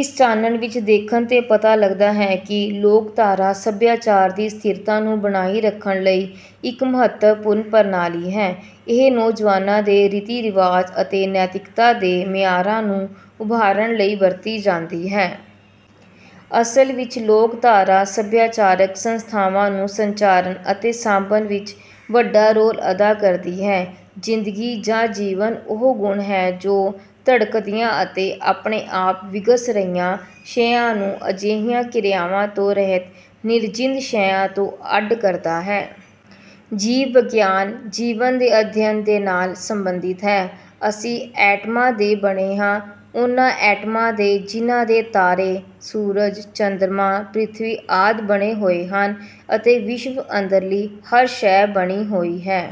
ਇਸ ਚਾਨਣ ਵਿਚ ਦੇਖਣ ਤੇ ਪਤਾ ਲੱਗਦਾ ਹੈ ਕਿ ਲੋਕਧਾਰਾ ਸਭਿਆਚਾਰ ਦੀ ਸਥਿਰਤਾ ਨੂੰ ਬਣਾਈ ਰੱਖਣ ਲਈ ਇੱਕ ਮਹੱਤਵਪੂਰਨ ਪ੍ਰਣਾਲੀ ਹੈ। ਇਹ ਨੌਜਵਾਨਾਂ ਦੇ ਰੀਤੀ ਰਿਵਾਜ ਅਤੇ ਨੈਤਿਕਤਾ ਦੇ ਮਿਆਰਾਂ ਨੂੰ ਉਭਾਰਨ ਲਈ ਵਰਤੀ ਜਾਂਦੀ ਹੈ। ਅਸਲ ਵਿੱਚ ਲੋਕਧਾਰਾ ਸਭਿਆਚਾਰਕ ਸੰਸਥਾਵਾਂ ਨੂੰ ਸੰਚਾਰਨ ਅਤੇ ਸਾਂਭਣ ਵਿਚ ਵੱਡਾ ਰੋਲ ਅਦਾ ਕਰਦੀ ਹੈ। ਜ਼ਿੰਦਗੀ ਜਾਂ ਜੀਵਨ ਉਹ ਗੁਣ ਹੈ ਜੋ ਧੜਕਦੀਆਂ ਅਤੇ ਆਪਣੇ ਆਪ ਵਿਗਸ ਰਹੀਆਂ ਸ਼ੈਆਂ ਨੂੰ ਅਜਿਹੀਆਂ ਕਿਰਿਆਵਾਂ ਤੋਂ ਰਹਿਤ ਨਿਰਜਿੰਦ ਸ਼ੈਆਂ ਤੋਂ ਅੱਡ ਕਰਦਾ ਹੈ। ਜੀਵ ਵਿਗਿਆਨ ਜੀਵਨ ਦੇ ਅਧਿਅਨ ਦੇ ਨਾਲ ਸੰਬੰਧਿਤ ਹੈ। ਅਸੀਂ ਐਟਮਾਂ ਦੇ ਬਣੇ ਹਾਂ, ਉਨ੍ਹਾਂ ਐਟਮਾਂ ਦੇ ਜਿਨ੍ਹਾਂ ਦੇ ਤਾਰੇ, ਸੂਰਜ, ਚੰਦਰਮਾ, ਪ੍ਰਿਥਵੀ ਆਦਿ ਬਣੇ ਹੋਏ ਹਨ ਅਤੇ ਵਿਸ਼ਵ ਅੰਦਰਲੀ ਹਰ ਸ਼ੈਅ ਬਣੀ ਹੋਈ ਹੈ।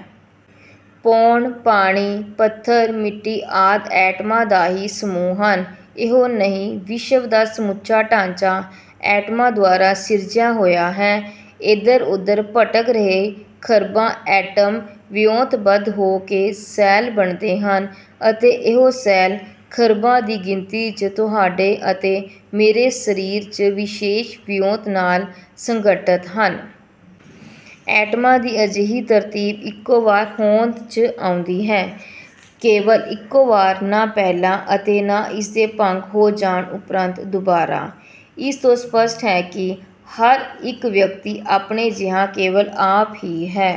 ਪੌਣ, ਪਾਣੀ, ਪੱਥਰ, ਮਿੱਟੀ ਆਦਿ ਐਟਮਾਂ ਦਾ ਹੀ ਸਮੂਹ ਹਨ। ਇਹੋ ਨਹੀਂ, ਵਿਸ਼ਵ ਦਾ ਸਮੁੱਚਾ ਢਾਂਚਾ ਐਟਮਾਂ ਦੁਆਰਾ ਸਿਰਜਿਆ ਹੋਇਆ ਹੈ। ਐਧਰ ਓਧਰ ਭਟਕ ਰਹੇ ਖ਼ਰਬਾਂ ਐਟਮ ਵਿਉਂਤਬੱਧ ਹੋ ਕੇ ਸੈੱਲ ਬਣਦੇ ਹਨ ਅਤੇ ਇਹੋ ਸੈੱਲ, ਖ਼ਰਬਾਂ ਦੀ ਗਿਣਤੀ 'ਚ, ਤੁਹਾਡੇ ਅਤੇ ਮੇਰੇ ਸਰੀਰ 'ਚ ਵਿਸ਼ੇਸ਼ ਵਿਉਂਤ ਨਾਲ ਸੰਗਿਠਤ ਹਨ। ਐਟਮਾਂ ਦੀ ਅਜਿਹੀ ਤਰਤੀਬ ਇਕੋ ਵਾਰ ਹੋਂਦ 'ਚ ਆਉਂਦੀ ਹੈ, ਕੇਵਲ ਇਕੋ ਵਾਰ, ਨਾ ਪਹਿਲਾਂ ਅਤੇ ਨਾ ਇਸ ਦੇ ਭੰਗ ਹੋ ਜਾਣ ਉਪਰੰਤ, ਦੁਬਾਰਾ। ਇਸ ਤੋਂ ਸਪੱਸ਼ਟ ਹੈ ਕਿ ਹਰ ਇਕ ਵਿਅਕਤੀ ਆਪਣੇ ਜਿਹਾ ਕੇਵਲ ਆਪ ਹੀ ਹੈ।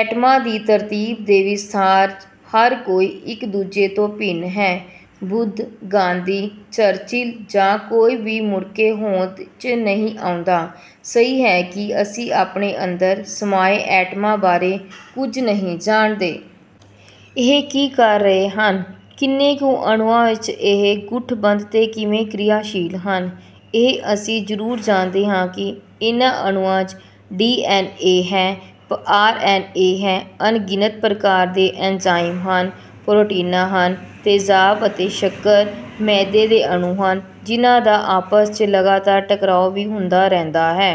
ਐਟਮਾਂ ਦੀ ਤਰਤੀਬ ਦੇ ਵਿਸਥਾਰ 'ਚ ਹਰ ਕੋਈ ਇਕ ਦੂਜੇ ਤੋਂ ਭਿੰਨ ਹੈ। ਬੁੱਧ, ਗਾਂਧੀ, ਚਰਚਿਲ ਜਾਂ ਕੋਈ ਵੀ ਮੁੜਕੇ ਹੋਂਦ 'ਚ ਨਹੀਂ ਆਉਂਦਾ। ਸਹੀ ਹੈ ਕਿ ਅਸੀਂ ਆਪਣੇ ਅੰਦਰ ਸਮਾਏ ਐਟਮਾਂ ਬਾਰੇ ਕੁਝ ਨਹੀਂ ਜਾਣਦੇ। ਇਹ ਕੀ ਕਰ ਰਹੇ ਹਨ, ਕਿੰਨੇ ਕੁ ਅਣੂਆਂ 'ਚ ਇਹ ਗੁਠਬੰਦ ਤੇ ਕਿਵੇਂ ਕ੍ਰਿਆਸ਼ੀਲ ਹਨ। ਇਹ ਅਸੀਂ ਜ਼ਰੂਰ ਜਾਣਦੇ ਹਾਂ ਕਿ ਇਨ੍ਹਾਂ ਅਣੂਆਂ 'ਚ ਡੀ ਐਨ ਏ ਹੈ, ਆਰ ਐਨ ਏ ਹੈ, ਅਣਗਿਣਤ ਪ੍ਰਕਾਰ ਦੇ ਐਨਜ਼ਾਈਮ ਹਨ, ਪ੍ਰੋਟੀਨਾਂ ਹਨ, ਤੇਜ਼ਾਬ ਅਤੇ ਸ਼ੱਕਰ ਮੈਦੇ ਦੇ ਅਣੂ ਹਨ, ਜਿਨ੍ਹਾਂ ਦਾ ਆਪਸ 'ਚ ਲਗਾਤਾਰ ਟਕਰਾਓ ਵੀ ਹੁੰਦਾ ਰਹਿੰਦਾ ਹੈ।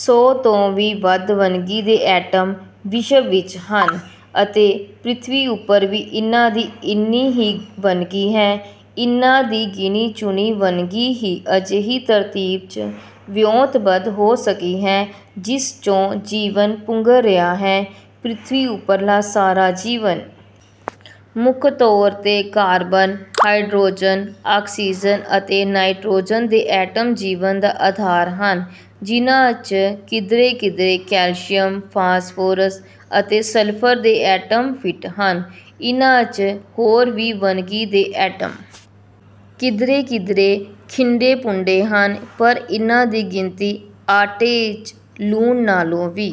ਸੌ ਤੋਂ ਵੀ ਵੱਧ ਵੰਨਗੀ ਦੇ ਐਟਮ ਵਿਸ਼ਵ ਵਿਚ ਹਨ ਅਤੇ ਪ੍ਰਿਥਵੀ ਉਪਰ ਵੀ ਇਨ੍ਹਾਂ ਦੀ ਇੰਨੀ ਹੀ ਵੰਨਗੀ ਹੈ। ਇਨ੍ਹਾਂ ਦੀ ਗਿਣੀ ਚੁਣੀ ਵੰਨਗੀ ਹੀ ਅਜਿਹੀ ਤਰਤੀਬ 'ਚ ਵਿਉਂਤਬਧ ਹੋ ਸਕੀ ਹੈ, ਜਿਸ 'ਚੋਂ ਜੀਵਨ ਪੁੰਗਰ ਰਿਹਾ ਹੈ, ਪ੍ਰਿਥਵੀ ਉਪਰਲਾ ਸਾਰਾ ਜੀਵਨ। ਮੁੱਖ ਤੌਰ 'ਤੇ ਕਾਰਬਨ, ਹਾਈਡ੍ਰੋਜਨ, ਆਕਸੀਜ਼ਨ ਅਤੇ ਨਾਈਟ੍ਰੋਜਨ ਦੇ ਐਟਮ ਜੀਵਨ ਦਾ ਆਧਾਰ ਹਨ, ਜਿਨ੍ਹਾਂ 'ਚ ਕਿਧਰੇ ਕਿਧਰੇ ਕੈਲਸ਼ੀਅਮ, ਫਾਸਫੋਰਸ ਅਤੇ ਸਲਫਰ ਦੇ ਐਟਮ ਫਿੱਟ ਹਨ। ਇਨ੍ਹਾਂ 'ਚ ਹੋਰ ਵੀ ਵੰਨਗੀ ਦੇ ਐਟਮ ਕਿਧਰੇ ਕਿਧਰੇ ਖਿੰਡੇ ਪੁੰਡੇ ਹਨ, ਪਰ ਇਨ੍ਹਾਂ ਦੀ ਗਿਣਤੀ ਆਟੇ 'ਚ ਲੂਣ ਨਾਲੋਂ ਵੀ